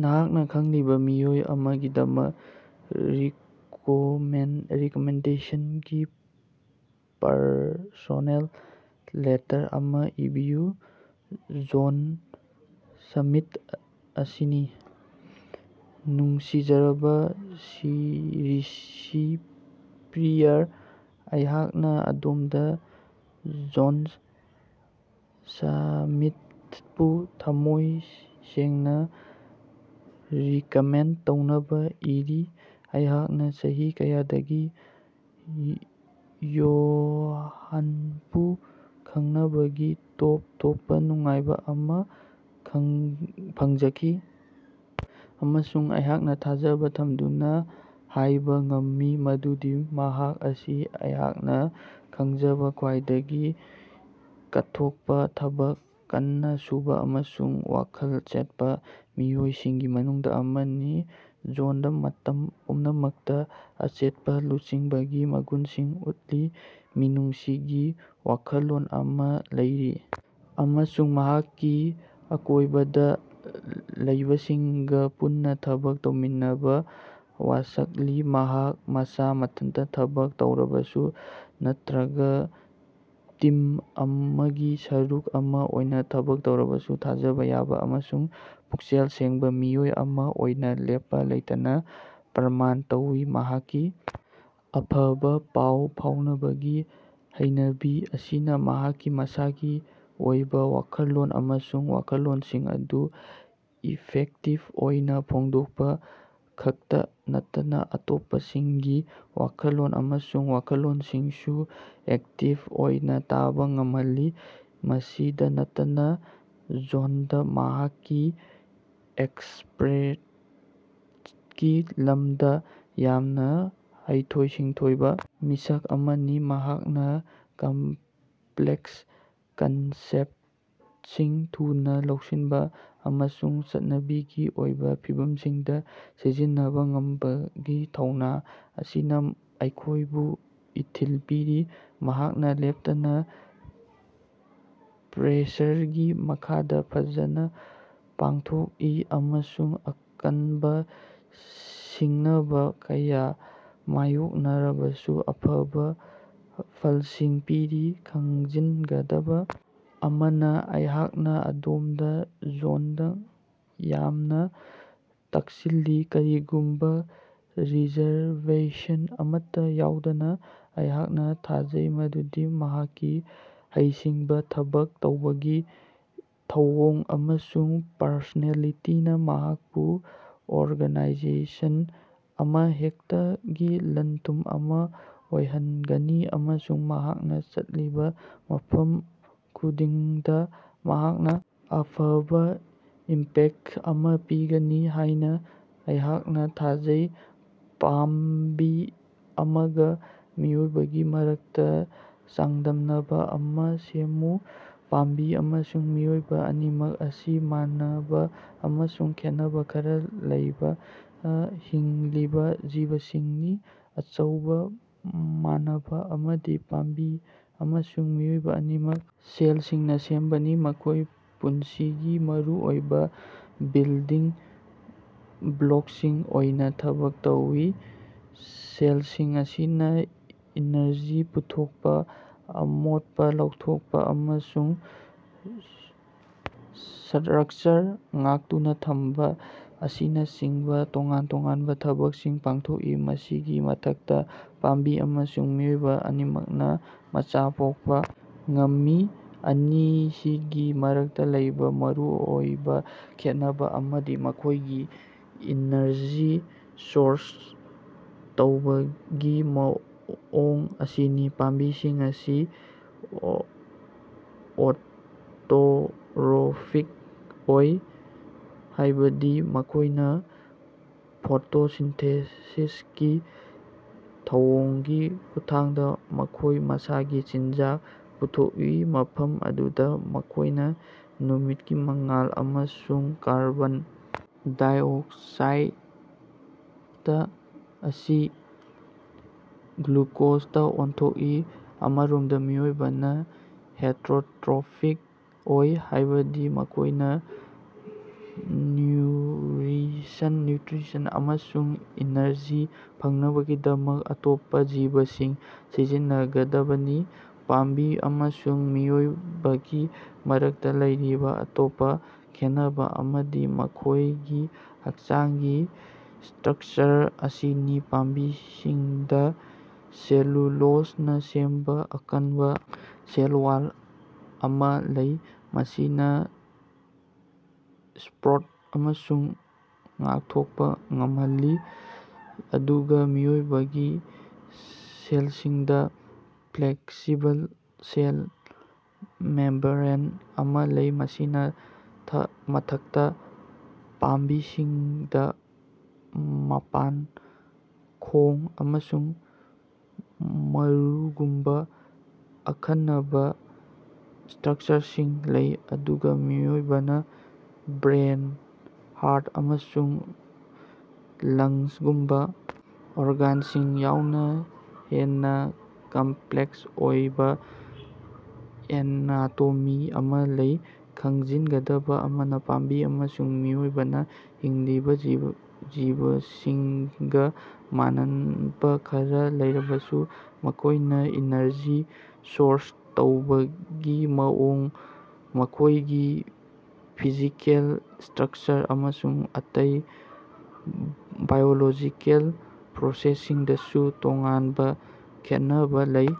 ꯅꯍꯥꯛꯅꯥ ꯈꯪꯂꯤꯕꯥ ꯃꯤꯑꯣꯏ ꯑꯃꯥꯒꯤꯗꯃꯛ ꯔꯤꯀꯣꯃꯦꯟꯗꯦꯁꯟꯒꯤ personal letter ꯑꯃꯥ ꯏꯕꯤꯌꯨ꯫ ꯖꯣꯟ ꯁꯃꯤꯊ ꯑꯁꯤꯅꯤ꯫ ꯅꯨꯡꯁꯤꯖꯔꯕꯥ ꯔꯤꯁꯤꯄꯤꯌꯔ, ꯑꯩꯍꯥꯛꯅꯥ ꯑꯗꯣꯝꯗꯥ ꯖꯣꯟꯁ ꯁꯃꯤꯊꯄꯨ ꯊꯝꯃꯣꯏ ꯁꯦꯡꯅꯥ ꯔꯤꯀꯣꯃꯦꯟ ꯇꯧꯅꯕꯥ ꯏꯔꯤ꯫ ꯑꯩꯍꯥꯛꯅꯥ ꯆꯍꯤ ꯀꯌꯥꯗꯒꯤ ꯌꯣꯍꯥꯟꯕꯨ ꯈꯪꯅꯕꯒꯤ ꯇꯣꯞ ꯇꯣꯞꯄꯥ ꯅꯨꯡꯉꯥꯏꯕꯥ ꯑꯃꯥ ꯐꯪꯖꯈꯤ, ꯑꯃꯁꯨꯡ ꯑꯩꯍꯥꯛꯅꯥ ꯊꯥꯖꯕ ꯊꯝꯗꯨꯅꯥ ꯍꯥꯏꯕ ꯉꯝꯃꯤ ꯃꯗꯨꯗꯤ ꯃꯍꯥꯛ ꯑꯁꯤ ꯑꯩꯍꯥꯛꯅꯥ ꯈꯪꯖꯕ ꯈ꯭ꯋꯥꯏꯗꯒꯤ ꯀꯠꯊꯣꯛꯄꯥ, ꯊꯕꯛ ꯀꯟꯅꯥ ꯁꯨꯕꯥ ꯑꯃꯁꯨꯡ ꯋꯥꯈꯜ ꯆꯦꯠꯄꯥ ꯃꯤꯑꯣꯏꯁꯤꯡꯒꯤ ꯃꯅꯨꯡꯗꯥ ꯑꯃꯅꯤ꯫ ꯖꯣꯟꯗꯥ ꯃꯇꯝ ꯄꯨꯝꯅꯃꯛꯇꯥ ꯑꯆꯦꯠꯄꯥ ꯂꯨꯆꯤꯡꯕꯒꯤ ꯃꯒꯨꯟꯁꯤꯡ ꯎꯠꯂꯤ꯫ ꯃꯤꯅꯨꯡꯁꯤꯒꯤ ꯋꯥꯈꯜꯂꯣꯟ ꯑꯃꯥ ꯂꯩꯔꯤ ꯑꯃꯁꯨꯡ ꯃꯍꯥꯛꯀꯤ ꯑꯀꯣꯏꯕꯗꯥ ꯂꯩꯕꯁꯤꯡꯒꯥ ꯄꯨꯟꯅꯥ ꯊꯕꯛ ꯇꯧꯃꯤꯟꯅꯅꯕꯥ ꯋꯥꯁꯛꯂꯤ꯫ ꯃꯍꯥꯛ ꯃꯁꯥ ꯃꯊꯟꯇꯥ ꯊꯕꯛ ꯇꯧꯔꯕꯁꯨ ꯅꯠꯇ꯭ꯔꯒꯥ ꯇꯤꯝ ꯑꯃꯒꯤ ꯁꯔꯨꯛ ꯑꯃꯥ ꯑꯣꯏꯅ ꯊꯕꯛ ꯇꯧꯔꯕꯁꯨ ꯊꯥꯖꯕ ꯌꯥꯕ ꯑꯃꯁꯨꯡ ꯄꯨꯛꯆꯦꯜ ꯁꯦꯡꯕꯥꯃꯤꯑꯣꯏ ꯑꯃꯥ ꯑꯣꯏꯅ ꯂꯦꯞꯄꯥ ꯂꯩꯇꯅꯥ ꯄ꯭ꯔꯃꯥꯟ ꯇꯧꯏ꯫ ꯃꯍꯥꯛꯀꯤ ꯑꯐꯕꯥ ꯄꯥꯎ ꯐꯥꯎꯅꯕꯒꯤ ꯍꯩꯅꯕꯤ ꯑꯁꯤꯅꯥ ꯃꯍꯥꯛꯀꯤ ꯃꯁꯥꯒꯤ ꯑꯣꯏꯕ ꯋꯥꯈꯜꯂꯣꯟ ꯑꯃꯁꯨꯡ ꯋꯥꯈꯜꯂꯣꯟꯁꯤꯡ ꯑꯗꯨ ꯏꯐꯦꯛꯇꯤꯕ ꯑꯣꯏꯅꯥ ꯐꯣꯡꯗꯣꯛꯄꯥ ꯈꯛꯇꯥ ꯅꯠꯇꯅꯥ ꯑꯇꯣꯞꯄꯁꯤꯡꯒꯤ ꯋꯥꯈꯜꯂꯣꯟ ꯑꯃꯁꯨꯡ ꯋꯥꯈꯜꯂꯣꯟꯁꯤꯡꯁꯨ ꯑꯦꯛꯇꯤꯕ ꯑꯣꯏꯅꯥ ꯇꯥꯕ ꯉꯝꯍꯜꯂꯤ꯫ ꯃꯁꯤꯗꯥ ꯅꯠꯇꯅꯥ, ꯖꯣꯟꯗꯥ ꯃꯍꯥꯛꯀꯤ ꯑꯦꯛ꯭ꯁꯄ꯭ꯔꯦꯇꯀꯤ ꯂꯝꯗꯥ ꯌꯥꯝꯅꯥ ꯍꯩꯊꯣꯏ-ꯁꯤꯡꯊꯣꯏꯕ ꯃꯤꯁꯛ ꯑꯃꯅꯤ, ꯃꯍꯥꯛꯅꯥ ꯀꯝꯄ꯭ꯂꯦꯛꯁ ꯀꯟꯁꯦꯞꯁꯤꯡ ꯊꯨꯅꯥ ꯂꯧꯁꯤꯟꯕ ꯑꯃꯁꯨꯡ ꯆꯠꯅꯕꯤꯒꯤ ꯑꯣꯏꯕ ꯐꯤꯚꯝꯁꯤꯡꯗꯥ ꯁꯤꯖꯤꯟꯅꯕꯥ ꯉꯝꯕꯒꯤ ꯊꯧꯅꯥ ꯑꯁꯤꯅꯥ ꯑꯩꯈꯣꯏꯕꯨ ꯏꯊꯤꯜ ꯄꯤꯔꯤ꯫ ꯃꯍꯥꯛꯅꯥ ꯂꯦꯞꯇꯅꯥ ꯄ꯭ꯔꯦꯁꯔꯒꯤ ꯃꯈꯥꯗꯥ ꯐꯖꯅꯥ ꯄꯥꯡꯊꯣꯛꯏ ꯑꯃꯁꯨꯡ ꯑꯀꯟꯕꯥ ꯁꯤꯡꯅꯕꯥ ꯀꯌꯥ ꯃꯥꯌꯣꯛꯅꯔꯕꯁꯨ ꯑꯐꯕ ꯐꯂꯁꯤꯡ ꯄꯤꯔꯤ꯫ ꯈꯪꯖꯤꯟꯒꯗꯕꯥ ꯑꯃꯅꯥ, ꯑꯩꯍꯥꯛꯅꯥ ꯑꯗꯣꯝꯗꯥ ꯖꯣꯟꯗꯥ ꯌꯥꯝꯅ ꯇꯛꯁꯤꯜꯂꯤ, ꯀꯔꯤꯒꯨꯝꯕ ꯔꯤꯖꯔꯕꯦꯁꯟ ꯑꯃꯠꯇꯥ ꯌꯥꯎꯗꯅꯥ꯫ ꯑꯩꯍꯥꯛꯅꯥ ꯊꯥꯖꯩ ꯃꯗꯨꯗꯤ ꯃꯍꯥꯛꯀꯤ ꯍꯩꯁꯤꯡꯕꯥ, ꯊꯕꯛ ꯇꯧꯕꯒꯤ ꯊꯧꯑꯣꯡ, ꯑꯃꯁꯨꯡ ꯄꯔꯁꯣꯅꯦꯂꯤꯇꯤꯅꯥ ꯃꯍꯥꯛꯄꯨ ꯑꯣꯔꯒꯅꯥꯏꯖꯦꯁꯟ ꯑꯃꯍꯦꯛꯇꯒꯤ ꯂꯟ ꯊꯨꯝ ꯑꯃꯥ ꯑꯣꯏꯍꯟꯒꯅꯤ, ꯑꯃꯁꯨꯡ ꯃꯍꯥꯛꯅꯥ ꯆꯠꯂꯤꯕꯥ ꯃꯐꯝ ꯈꯨꯗꯤꯡꯗꯥ ꯃꯍꯥꯛꯅꯥ ꯑꯐꯕ ꯏꯝꯄꯦꯛꯇ ꯑꯃꯥ ꯄꯤꯒꯅꯤ ꯍꯥꯏꯅꯥ ꯑꯩꯍꯥꯛꯅꯥ ꯊꯥꯖꯩ꯫ ꯄꯥꯝꯕꯤ ꯑꯃꯥꯒ ꯃꯤꯑꯣꯏꯕꯒꯤ ꯃꯔꯛꯇꯥ ꯆꯥꯡꯗꯝꯅꯕ ꯑꯃꯥ ꯁꯦꯝꯃꯨ꯫ ꯄꯥꯝꯕꯤ ꯑꯃꯁꯨꯡ ꯃꯤꯑꯣꯏꯕ ꯑꯅꯤꯃꯛ ꯑꯁꯤ ꯃꯥꯟꯅꯕ ꯑꯃꯁꯨꯡ ꯈꯦꯠꯅꯕ ꯈꯔꯥ ꯂꯩꯕ ꯍꯤꯡꯂꯤꯕ ꯖꯤꯕꯁꯤꯡꯅꯤ꯫ ꯑꯆꯧꯕ ꯃꯥꯟꯅꯕ ꯑꯃꯗꯤ ꯄꯥꯝꯕꯤ ꯑꯃꯁꯨꯡ ꯃꯤꯑꯣꯏꯕ ꯑꯅꯤꯃꯛ ꯁꯦꯂꯁꯤꯡꯅ ꯁꯦꯝꯕꯅꯤ, ꯃꯈꯣꯏꯅ ꯄꯨꯟꯁꯤꯒꯤ ꯃꯔꯨꯑꯣꯏꯕ ꯕꯤꯜꯗꯤꯡ ꯕ꯭ꯂꯣꯀꯁꯤꯡ ꯑꯣꯏꯅ ꯊꯕꯛ ꯇꯧꯏ꯫ ꯁꯦꯂꯁꯤꯡ ꯑꯁꯤꯅꯥ ꯏꯅꯔꯖꯤ ꯄꯨꯊꯣꯛꯄꯥ, ꯑꯃꯣꯠꯄꯥ ꯂꯧꯊꯣꯛꯄꯥ, ꯑꯃꯁꯨꯡ ꯁꯔꯛꯆꯔ ꯉꯥꯛꯇꯨꯅꯥ ꯊꯝꯕ ꯑꯁꯤꯅꯆꯤꯡꯕ ꯇꯣꯉꯥꯟ ꯇꯣꯉꯥꯟꯕ ꯊꯕꯛꯁꯤꯡ ꯄꯥꯡꯊꯣꯛꯏ꯫ ꯃꯁꯤꯒꯤ ꯃꯊꯛꯇꯥ, ꯄꯥꯝꯕꯤ ꯑꯃꯁꯨꯡ ꯃꯤꯑꯣꯏꯕ ꯑꯅꯤꯃꯛꯅꯥ ꯃꯆꯥ ꯄꯣꯛꯄꯥ ꯉꯝꯃꯤ꯫ ꯑꯅꯤꯁꯤꯒꯤ ꯃꯔꯛꯇꯥ ꯂꯩꯕ ꯃꯔꯨꯑꯣꯏꯕ ꯈꯦꯠꯅꯕ ꯑꯃꯗꯤ ꯃꯈꯣꯏꯒꯤ ꯏꯅꯔꯖꯤ ꯁꯣꯔꯁ ꯇꯧꯕꯒꯤ ꯃꯑꯣꯡ ꯑꯁꯤꯅꯤ꯫ ꯄꯥꯝꯕꯤꯁꯤꯡ ꯑꯁꯤ ꯑꯣꯇꯣꯔꯣꯐꯤꯛ ꯑꯣꯏ, ꯍꯥꯏꯕꯗꯤ ꯃꯈꯣꯏꯅꯥ ꯐꯣꯇꯣꯁꯤꯟꯊꯦꯁꯤꯁꯀꯤ ꯊꯧꯑꯣꯡꯒꯤ ꯈꯨꯠꯊꯥꯡꯗꯥ ꯃꯈꯣꯏ ꯃꯁꯥꯒꯤ ꯆꯤꯟꯖꯥꯛ ꯄꯨꯊꯣꯛꯏ, ꯃꯐꯝ ꯑꯗꯨꯗꯥ ꯃꯈꯣꯏꯅꯥ ꯅꯨꯃꯤꯠꯀꯤ ꯃꯉꯥꯜ ꯑꯃꯁꯨꯡ ꯀꯥꯔꯕꯣꯟ ꯗꯥꯏꯑꯣꯛꯁꯥꯏꯗ ꯑꯁꯤ ꯒ꯭ꯂꯨꯀꯣꯖꯇꯥ ꯑꯣꯟꯊꯣꯛꯏ꯫ ꯑꯃꯔꯣꯝꯗꯥ ꯃꯤꯑꯣꯏꯕꯅꯥ ꯍꯦꯇꯦꯔꯣꯔꯣꯠꯐꯤꯛ ꯑꯣꯏ, ꯍꯥꯏꯕꯗꯤ ꯃꯈꯣꯏꯅꯥ ꯅ꯭ꯌꯨꯔꯤꯁꯟ ꯅ꯭ꯌꯨꯇ꯭ꯔꯤꯁꯟ ꯑꯃꯁꯨꯡ ꯏꯅꯔꯖꯤ ꯐꯪꯅꯕꯒꯤꯗꯃꯛ ꯑꯇꯣꯞꯄꯥ ꯖꯤꯕꯁꯤꯡ ꯁꯤꯖꯤꯟꯅꯒꯗꯕꯅꯤ꯫ ꯄꯥꯝꯕꯤ ꯑꯃꯁꯨꯡ ꯃꯤꯑꯣꯏꯕꯒꯤ ꯃꯔꯛꯇꯥ ꯂꯩꯔꯤꯕ ꯑꯇꯣꯞꯄꯥ ꯈꯦꯟꯅꯕ ꯑꯃꯗꯤ ꯃꯈꯣꯏꯒꯤ ꯍꯛꯆꯥꯡꯒꯤ ꯁꯠꯇ꯭ꯔꯀꯆꯔ ꯑꯁꯤꯅꯤ꯫ ꯄꯥꯝꯕꯤꯁꯤꯡꯗꯥ ꯁꯦꯂꯨꯂꯣꯖꯅꯥ ꯁꯦꯝꯕꯥ ꯑꯀꯟꯕꯥ ꯁꯦꯜ ꯋꯥꯜ ꯑꯃꯥ ꯂꯩ꯫ ꯃꯁꯤꯅꯥ ꯁꯄꯣꯔꯠ ꯑꯃꯁꯨꯡ ꯉꯥꯛꯊꯣꯛꯄꯥ ꯉꯝꯍꯜꯂꯤ, ꯑꯗꯨꯒꯥ ꯃꯤꯑꯣꯏꯕꯒꯤ ꯁꯦꯂꯁꯤꯡꯗꯥ ꯐ꯭ꯂꯦꯛꯁꯤꯕꯜ ꯁꯦꯜ ꯃꯦꯝꯕ꯭ꯔꯦꯟ ꯑꯃꯥ ꯂꯩ꯫ ꯃꯁꯤꯒꯤ ꯃꯊꯛꯇꯥ, ꯄꯥꯝꯕꯤꯁꯤꯡꯗꯥ ꯃꯄꯥꯟ, ꯈꯣꯡ, ꯑꯃꯁꯨꯡ ꯃꯔꯨꯒꯨꯝꯕꯥ ꯑꯈꯟꯅꯕꯥ ꯁ꯭ꯠꯔꯀꯆꯔꯁꯤꯡ ꯂꯩ, ꯑꯗꯨꯒꯥ ꯃꯤꯑꯣꯏꯕꯅꯥ ꯕ꯭ꯔꯦꯟ, ꯍꯥꯔꯠ ꯑꯃꯁꯨꯡ ꯂꯪꯁꯒꯨꯝꯕꯥ ꯑꯣꯔꯒꯥꯟꯁꯤꯡ ꯌꯥꯎꯅꯥ ꯍꯦꯟꯅꯥ ꯀꯝꯞꯂꯦꯛꯁ ꯑꯣꯏꯕ ꯑꯦꯅꯥꯇꯣꯃꯤ ꯑꯃꯥ ꯂꯩ꯫ ꯈꯪꯖꯤꯟꯒꯗꯕꯥ ꯑꯃꯅꯥ, ꯄꯥꯝꯕꯤ ꯑꯃꯁꯨꯡ ꯃꯤꯑꯣꯏꯕꯅ ꯍꯤꯡꯂꯤꯕ ꯖꯤꯕꯁꯤꯡꯒꯥ ꯃꯥꯟꯅꯕ ꯈꯔꯥ ꯂꯩꯔꯕꯁꯨ, ꯃꯈꯣꯏꯅꯥ ꯏꯅꯔꯖꯤ ꯁꯣꯔꯁ ꯇꯧꯕꯒꯤ ꯃꯑꯣꯡ, ꯃꯈꯣꯏꯒꯤ ꯐꯤꯖꯤꯀꯦꯜ ꯁ꯭ꯠꯔꯀꯆꯔ ꯑꯃꯁꯨꯡ ꯑꯇꯩ ꯕꯥꯏꯑꯣꯂꯣꯖꯤꯀꯦꯜ ꯄ꯭ꯔꯣꯁꯦꯁꯁꯤꯡꯗꯁꯨ ꯇꯣꯉꯥꯟꯕ ꯈꯦꯠꯅꯕꯥ ꯂꯩ꯫